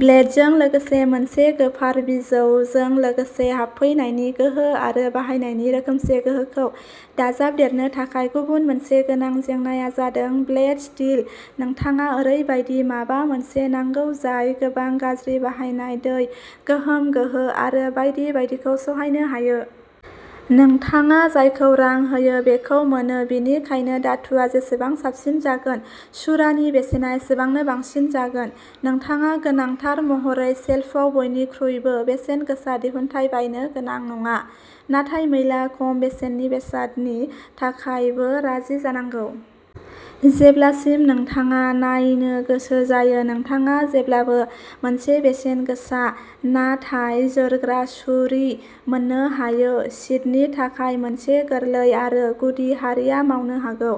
ब्लेडजों लोगोसे मोनसे गोफार बिजौजों लोगोसे हाबफैनायनि गोहो आरो बाहायनायनि रोखोमसे गोहोखौ दाजाबदेरनो थाखाय गुबुन मोनसे गोनां जेंनाया जादों ब्लेड स्टील, नोंथाङा ओरैबायदि माबा मोनसे नांगौ जाय गोबां गाज्रि बाहायनाय दै, गोहोम गोहो आरो बायदि बायदिखौ सहायनो हायो। नोंथाङा जायखौ रां होयो बेखौ मोनो, बेनिखायनो धातुआ जेसेबां साबसिन जागोन, छुरानि बेसेना एसेबांनो बांसिन जागोन। नोंथाङा गोनांथार महरै शेल्फआव बयनिख्रुइबो बेसेनगोसा दिहुनथाय बायनो गोनां नङा, नाथाय मैला खम बेसेननि बेसादनि थाखायबो राजि जानांगौ। जेब्लासिम नोंथाङा नायनो गोसो जायो, नोंथाङा जेब्लाबो मोनसे बेसेनगोसा नाथाय जोरग्रा छुरी मोन्नो हायो। सिथनि थाखाय मोनसे गोरलै आरो गुदि हारिया मावनो हागौ।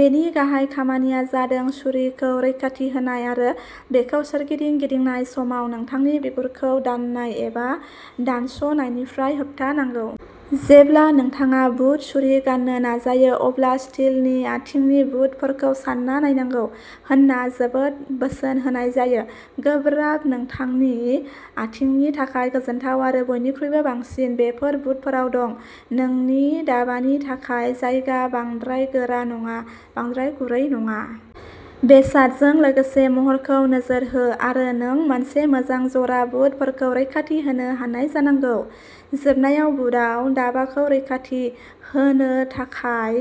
बेनि गाहाय खामानिया जादों छुरीखौ रैखाथि होनाय आरो बेखौ सोरगिदिं गिदिंनाय समाव नोंथांनि बिगुरखौ दाननाय एबा दानस' नायनिफ्राय होबथानांगौ। जेब्ला नोंथाङा बुट छुरी गान्नो नाजायो अब्ला स्टीलनि आथिंनि बुटफोरखौ सानना नायनांगौ होनना जोबोद बोसोन होनाय जायो। गोब्राब, नोंथांनि आथिंनि थाखाय गोजोनथाव आरो बयनिख्रुइबो बांसिन, बेफोर बुटफोराव दं। नोंनि दाबानि थाखाय जायगा, बांद्राय गोरा नङा, बांद्राय गुरै नङा। बेसादजों लोगोसे महरखौ नोजोर हो आरो नों मोनसे मोजां जरा बुटफोरखौ रैखाथि होनो हानाय जानांगौ। जोबनायाव बुटआव दाबाखौ रैखाथि होनो थाखाय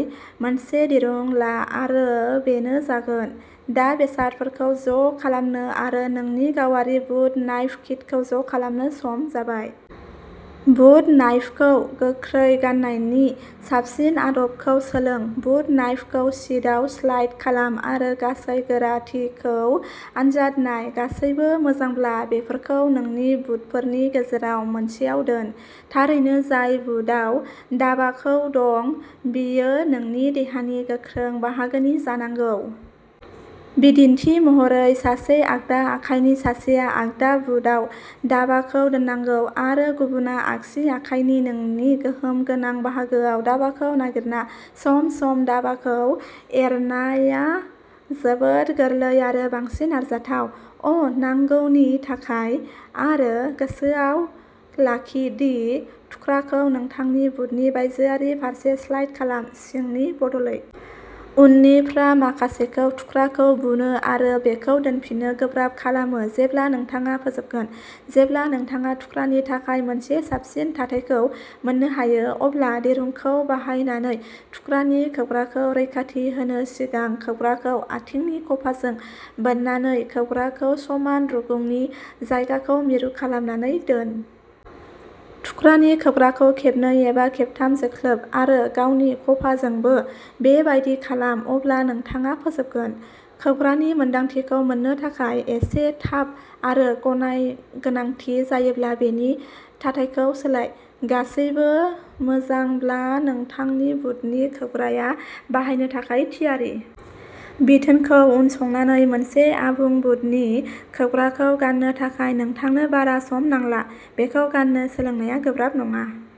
मोनसे दिरुं ला आरो बेनो जागोन। दा बेसादफोरखौ ज'खालामनो आरो नोंनि गावारि बुट नाइफ किटखौ ज' खालामनो सम जाबाय। बुट नाइफखौ गोख्रै गान्नायनि साबसिन आदबखौ सोलों। बुट नाइफखौ सिथआव स्लाइड खालाम आरो गासै गोराथिखौ आनजाद नाय। गासैबो मोजांब्ला बेफोरखौ नोंनि बुटफोरनि गेजेराव मोनसेआव दोन। थारैनो, जाय बुटआव दाबाखौ दं, बेयो नोंनि देहानि गोख्रों बाहागोनि जानांगौ। बिदिन्थि महरै सासे आगदा आखायनि सासेआ आगदा बुटआव दाबाखौ दोननांगौ आरो गुबुनआ आगसि आखाइनि। नोंनि गोहोम गोनां बाहागोआव दाबाखौ नागिरना सम-सम दाबाखौ एरनाया जोबोद गोरलै आरो बांसिन आरजाथाव। अ नांगौनि थाखाय आरो गोसोआव लाखि दि थुख्राखौ नोंथांनि बुटनि बायजोआरि फारसे स्लाइड खालाम, सिंनि बदलै। उननिफ्रा माखासेखौ थुख्राखौ बुनो आरो बेखौ दोनफिन्नो गोब्राब खालामो जेब्ला नोंथाङा फोजोबगोन। जेब्ला नोंथाङा थुख्रानि थाखाय मोनसे साबसिन थाथायखौ मोन्नो हायो, अब्ला दिरुंखौ बाहायनानै थुख्रानि खोबग्राखौ रैखाथि होनो सिगां। खोबग्राखौ आथिंनि खफाजों बोननानै खोबग्राखौ समान रुगुंनि जायगाखौ मिरु खालामनानै दोन। थुख्रानि खोबग्राखौ खेबनै एबा खेबथाम जोख्लोब आरो गावनि खफाजोंबो बेबादि खालाम अब्ला नोंथाङा फोजोबगोन। खोबग्रानि मोनदांथिखौ मोन्नो थाखाय एसे थाबाय आरो गोनांथि जायोब्ला बेनि थाथायखौ सोलाय। गासैबो मोजांब्ला नोंथांनि बुटनि खोबग्राया बाहायनो थाखाय थियारि। बिथोनखौ उनसंनानै मोनसे आबुं बुटनि खोबग्राखौ गान्नो थाखाय नोंथांनो बारा सम नांला। बेखौ गान्नो सोलोंनाया गोब्राब नङा।